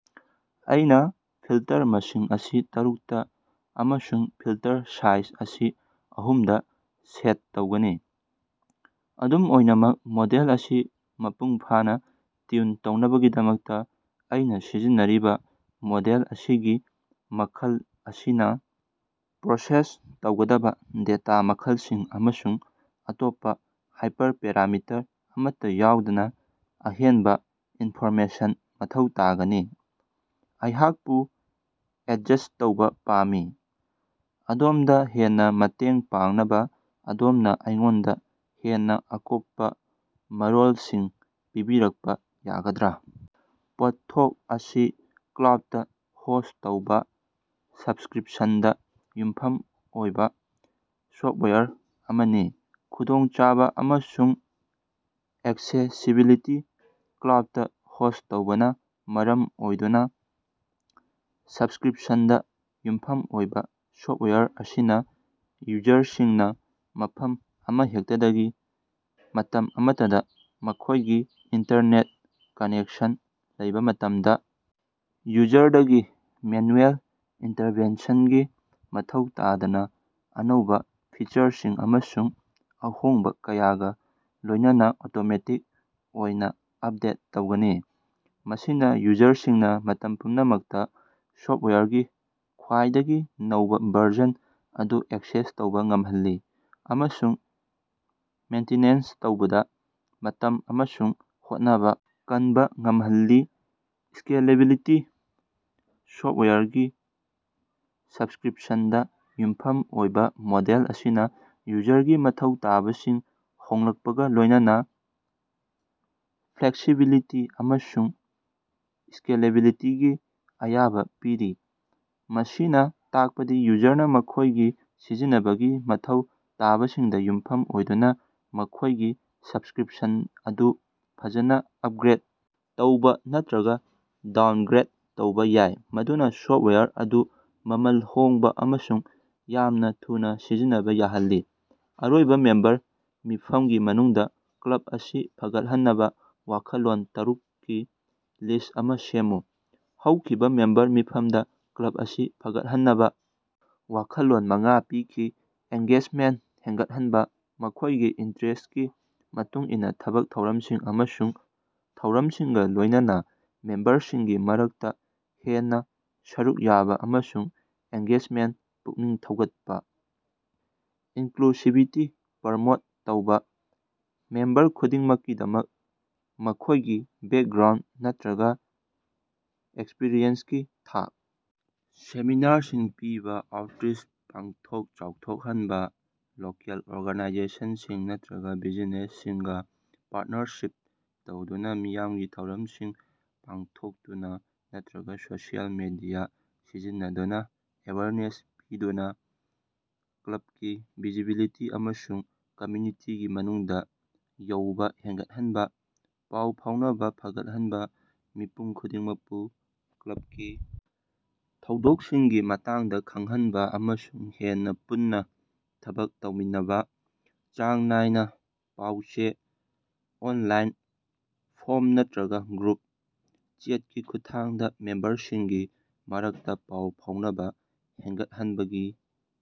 ꯑꯩꯅ ꯐꯤꯜꯇꯔ ꯃꯁꯤꯡ ꯑꯁꯤ ꯇꯔꯨꯛꯇ ꯑꯃꯁꯨꯡ ꯐꯤꯜꯇꯔ ꯁꯥꯏꯖ ꯑꯁꯤ ꯑꯍꯨꯝꯗ ꯁꯦꯠ ꯇꯧꯒꯅꯤ꯫ ꯑꯗꯨꯝ ꯑꯣꯏꯅꯃꯛ ꯃꯣꯗꯦꯜ ꯑꯁꯤ ꯃꯄꯨꯡ ꯐꯥꯅ ꯇ꯭ꯌꯨꯟ ꯇꯧꯅꯕꯒꯤꯗꯃꯛꯇ ꯑꯩꯅ ꯁꯤꯖꯤꯟꯅꯔꯤꯕ ꯃꯣꯗꯦꯜ ꯑꯁꯤꯒꯤ ꯃꯈꯜ ꯃꯁꯤꯅ ꯄ꯭ꯔꯣꯁꯦꯁ ꯇꯧꯒꯗꯕ ꯗꯦꯇꯥ ꯃꯈꯜꯁꯤꯡ ꯑꯃꯁꯨꯡ ꯑꯇꯣꯞꯄ ꯍꯥꯏꯄꯔꯄꯦꯔꯥꯃꯤꯇꯔ ꯑꯃꯠꯇ ꯌꯥꯎꯗꯅ ꯑꯍꯦꯟꯕ ꯏꯅꯐꯣꯔꯃꯦꯁꯟ ꯃꯊꯧ ꯇꯥꯒꯅꯤ꯫ ꯑꯩꯍꯥꯛꯄꯨ ꯑꯦꯗꯖꯁ꯭ꯠ ꯇꯧꯕ ꯄꯥꯝꯃꯤ꯫ ꯑꯗꯣꯝꯗ ꯍꯦꯟꯅ ꯃꯇꯦꯡ ꯄꯥꯡꯅꯕ ꯑꯗꯣꯝꯅ ꯑꯩꯉꯣꯟꯗ ꯍꯦꯟꯅ ꯑꯀꯨꯞꯄ ꯃꯔꯣꯜꯁꯤꯡ ꯄꯤꯕꯤꯔꯛꯄ ꯌꯥꯒꯗ꯭ꯔꯥ? ꯄꯣꯠꯊꯣꯛ ꯑꯁꯤ ꯀ꯭ꯂꯥꯎꯗꯇ ꯍꯣꯁ꯭ꯠ ꯇꯧꯕ ꯁꯕꯁ꯭ꯀꯔꯤꯄꯁꯟꯗ ꯌꯨꯝꯐꯝ ꯑꯣꯏꯕ ꯁꯣꯐꯋꯦꯌꯔ ꯑꯃꯅꯤ꯫ ꯈꯨꯗꯣꯡꯆꯥꯕ ꯑꯃꯁꯨꯡ ꯑꯦꯛꯁꯦꯁꯤꯕꯤꯂꯤꯇꯤ: ꯀ꯭ꯂꯥꯎꯗꯇꯥ ꯍꯣꯁ꯭ꯠ ꯇꯧꯕꯅ ꯃꯔꯝ ꯑꯣꯏꯗꯨꯅꯥ ꯁꯕꯁ꯭ꯀꯔꯤꯄꯁꯟꯗ ꯌꯨꯝꯐꯝ ꯑꯣꯏꯕ ꯁꯣꯐꯋꯦꯌꯔ ꯑꯁꯤꯅ ꯌꯨꯖꯔꯁꯤꯡꯅ ꯃꯐꯝ ꯑꯃꯍꯦꯛꯇꯗꯒꯤ ꯃꯇꯝ ꯑꯃꯠꯇꯗ ꯃꯈꯣꯏꯒꯤ ꯏꯟꯇꯔꯅꯦꯠ ꯀꯅꯦꯛꯁꯟ ꯂꯩꯕꯥ ꯃꯇꯝꯗ ꯌꯨꯖꯔꯗꯒꯤ ꯃꯦꯅꯨꯑꯦꯜ ꯏꯟꯇꯔꯚꯦꯟꯁꯟꯒꯤ ꯃꯊꯧ ꯇꯥꯗꯅ ꯑꯅꯧꯕ ꯐꯤꯆꯔꯁꯤꯡ ꯑꯃꯁꯨꯡ ꯑꯍꯣꯡꯕ ꯀꯌꯥꯒ ꯂꯣꯏꯅꯅ ꯑꯣꯇꯣꯃꯦꯇꯤꯛ ꯑꯣꯏꯅ ꯑꯄꯗꯦꯠ ꯇꯧꯒꯅꯤ꯫ ꯃꯁꯤꯅ ꯌꯨꯖꯔꯁꯤꯡꯅ ꯃꯇꯝ ꯄꯨꯝꯅꯃꯛꯇ ꯁꯣꯐꯇꯋꯥꯌꯔꯒꯤ ꯈ꯭ꯋꯥꯏꯗꯒꯤ ꯅꯧꯕ ꯚꯔꯖꯟ ꯑꯗꯨ ꯑꯦꯛꯁꯦꯁ ꯇꯧꯕ ꯉꯝꯍꯜꯂꯤ꯫ ꯑꯃꯁꯨꯡ ꯃꯦꯟꯇꯤꯅꯦꯟꯁ ꯇꯧꯕꯗ ꯃꯇꯝ ꯑꯃꯁꯨꯡ ꯍꯣꯠꯅꯕ ꯀꯟꯕ ꯉꯝꯍꯜꯂꯤ꯫ ꯁ꯭ꯀꯦꯂꯦꯕꯤꯂꯤꯇꯤ: ꯁꯣꯐ꯭ꯇꯋꯦꯌꯔꯒꯤ ꯁꯕꯁ꯭ꯀꯔꯤꯄꯁꯟꯗ ꯌꯨꯝꯐꯝ ꯑꯣꯏꯕ ꯃꯣꯗꯦꯜ ꯑꯁꯤꯅ ꯌꯨꯖꯔꯒꯤ ꯃꯊꯧ ꯇꯥꯕꯁꯤꯡ ꯍꯣꯡꯂꯛꯄꯒ ꯂꯣꯏꯅꯅ ꯐ꯭ꯂꯦꯛꯁꯤꯕꯤꯂꯤꯇꯤ ꯑꯃꯁꯨꯡ ꯁ꯭ꯀꯦꯂꯦꯕꯤꯂꯤꯇꯤꯒꯤ ꯑꯌꯥꯕ ꯄꯤꯔꯤ꯫ ꯃꯁꯤꯅ ꯇꯥꯛꯄꯗꯤ ꯌꯨꯖꯔꯅꯥ ꯃꯈꯣꯏꯒꯤ ꯁꯤꯖꯤꯟꯅꯕꯒꯤ ꯃꯊꯧ ꯇꯥꯕꯁꯤꯡꯗ ꯌꯨꯝꯐꯝ ꯑꯣꯏꯗꯨꯅ ꯃꯈꯣꯏꯒꯤ ꯁꯕꯁ꯭ꯀꯔꯤꯄꯁꯟ ꯑꯗꯨ ꯐꯖꯅ ꯑꯄꯒ꯭ꯔꯦꯗ ꯇꯧꯕ ꯅꯠꯇ꯭ꯔꯒ ꯗꯥꯎꯅꯒ꯭ꯔꯦꯗ ꯇꯧꯕ ꯌꯥꯏ꯫ ꯃꯗꯨꯅꯥ ꯁꯣꯐꯇꯋꯦꯌꯔ ꯑꯗꯨ ꯃꯃꯜ ꯍꯣꯡꯕ ꯑꯃꯁꯨꯡ ꯌꯥꯝꯅꯥ ꯊꯨꯅ ꯁꯤꯖꯤꯟꯅꯕ ꯌꯥꯍꯜꯂꯤ꯫ ꯑꯔꯣꯏꯕ ꯃꯦꯝꯕꯔ ꯃꯤꯐꯝꯒꯤ ꯃꯅꯨꯡꯗ ꯀ꯭ꯂꯕ ꯑꯁꯤ ꯐꯒꯠꯍꯟꯅꯕ ꯋꯥꯈꯜꯂꯣꯟ ꯇꯔꯨꯛꯒꯤ ꯂꯤꯁ꯭ꯠ ꯑꯃ ꯁꯦꯝꯃꯨ꯫ ꯍꯧꯈꯤꯕ ꯃꯦꯝꯕꯔ ꯃꯤꯐꯝꯗ ꯀ꯭ꯂꯕ ꯑꯁꯤ ꯐꯒꯠꯍꯟꯅꯕ ꯋꯥꯈꯜꯂꯣꯟ ꯃꯉꯥ ꯄꯤꯈꯤ꯫ ꯑꯦꯡꯒꯦꯖꯃꯦꯟꯇ ꯍꯦꯟꯒꯠꯍꯟꯕ: ꯃꯈꯣꯏꯒꯤ ꯏꯟꯇꯔꯦꯁ꯭ꯇꯀꯤ ꯃꯇꯨꯡ ꯏꯟꯅ ꯊꯕꯛ ꯊꯧꯔꯝꯁꯤꯡ ꯑꯃꯁꯨꯡ ꯊꯧꯔꯝꯁꯤꯡꯒ ꯂꯣꯏꯅꯅ ꯃꯦꯝꯕꯔꯁꯤꯡꯒꯤ ꯃꯔꯛꯇ ꯍꯦꯟꯅ ꯁꯔꯨꯛ ꯌꯥꯕ ꯑꯃꯁꯨꯡ ꯑꯦꯡꯒꯦꯖꯃꯦꯟꯇ ꯄꯨꯛꯅꯤꯡ ꯊꯧꯒꯠꯄ꯫ ꯏꯟꯀ꯭ꯂꯨꯁꯤꯕꯤꯇꯤ ꯄ꯭ꯔꯃꯣꯠ ꯇꯧꯕ: ꯃꯦꯝꯕꯔ ꯈꯨꯗꯤꯡꯃꯛꯀꯤꯗꯃꯛ ꯃꯈꯣꯏꯒꯤ ꯕꯦꯀꯒ꯭ꯔꯥꯎꯟꯗ ꯅꯠꯇ꯭ꯔꯒ ꯑꯦꯛꯁꯄ꯭ꯔꯤꯌꯦꯟꯁꯀꯤ ꯊꯥꯛ ꯁꯦꯃꯤꯅꯥꯔꯁꯤꯡ ꯄꯤꯕ꯫ ꯑꯥꯎꯇ꯭ꯔꯤꯆ ꯄꯥꯡꯊꯣꯛ ꯆꯥꯎꯊꯣꯛꯍꯟꯕ: ꯂꯣꯀꯦꯜ ꯑꯣꯔꯒꯅꯥꯏꯖꯦꯁꯟꯁꯤꯡ ꯅꯠꯇ꯭ꯔꯒ ꯕꯤꯖꯤꯅꯦꯁꯁꯤꯡꯒ ꯄꯥꯔꯇꯅꯔꯁꯤꯞ ꯇꯧꯗꯨꯅ ꯃꯤꯌꯥꯝꯒꯤ ꯊꯧꯔꯝꯁꯤꯡ ꯄꯥꯡꯊꯣꯛꯇꯨꯅ ꯅꯠꯇ꯭ꯔꯒ ꯁꯣꯁꯤꯑꯦꯜ ꯃꯦꯗꯤꯌꯥ ꯁꯤꯖꯤꯟꯅꯗꯨꯅ ꯑꯦꯋꯦꯌꯔꯅꯦꯁ ꯄꯤꯗꯨꯅ ꯀ꯭ꯂꯕꯀꯤ ꯚꯤꯖꯤꯕꯤꯂꯤꯇꯤ ꯑꯃꯁꯨꯡ ꯀꯝꯌꯨꯅꯤꯇꯤꯒꯤ ꯃꯅꯨꯡꯗ ꯌꯧꯕ ꯍꯦꯟꯒꯠꯍꯟꯕ꯫ ꯄꯥꯎ ꯐꯥꯎꯅꯕ ꯐꯒꯠꯍꯟꯕ: ꯃꯤꯄꯨꯝ ꯈꯨꯗꯤꯡꯃꯛꯄꯨ ꯀ꯭ꯂꯕꯀꯤ ꯊꯧꯗꯣꯛꯁꯤꯡꯒꯤ ꯃꯇꯥꯡꯗ ꯈꯡꯍꯟꯅꯕ ꯑꯃꯁꯨꯡ ꯍꯦꯟꯅ ꯄꯨꯟꯅ ꯊꯕꯛ ꯇꯧꯃꯤꯟꯅꯅꯕ, ꯆꯥꯡ ꯅꯥꯏꯅꯥ ꯄꯥꯎ-ꯆꯦ, ꯑꯣꯅꯂꯥꯏꯟ ꯐꯣꯔꯝ ꯅꯠꯇ꯭ꯔꯒ ꯒ꯭ꯔꯨꯞ ꯆꯦꯠꯀꯤ ꯈꯨꯠꯊꯥꯡꯗ ꯃꯦꯝꯕꯔꯁꯤꯡꯒꯤ ꯃꯔꯛꯇꯥ ꯄꯥꯎ ꯐꯥꯎꯅꯕꯥ ꯍꯦꯟꯒꯠꯍꯟꯕꯢ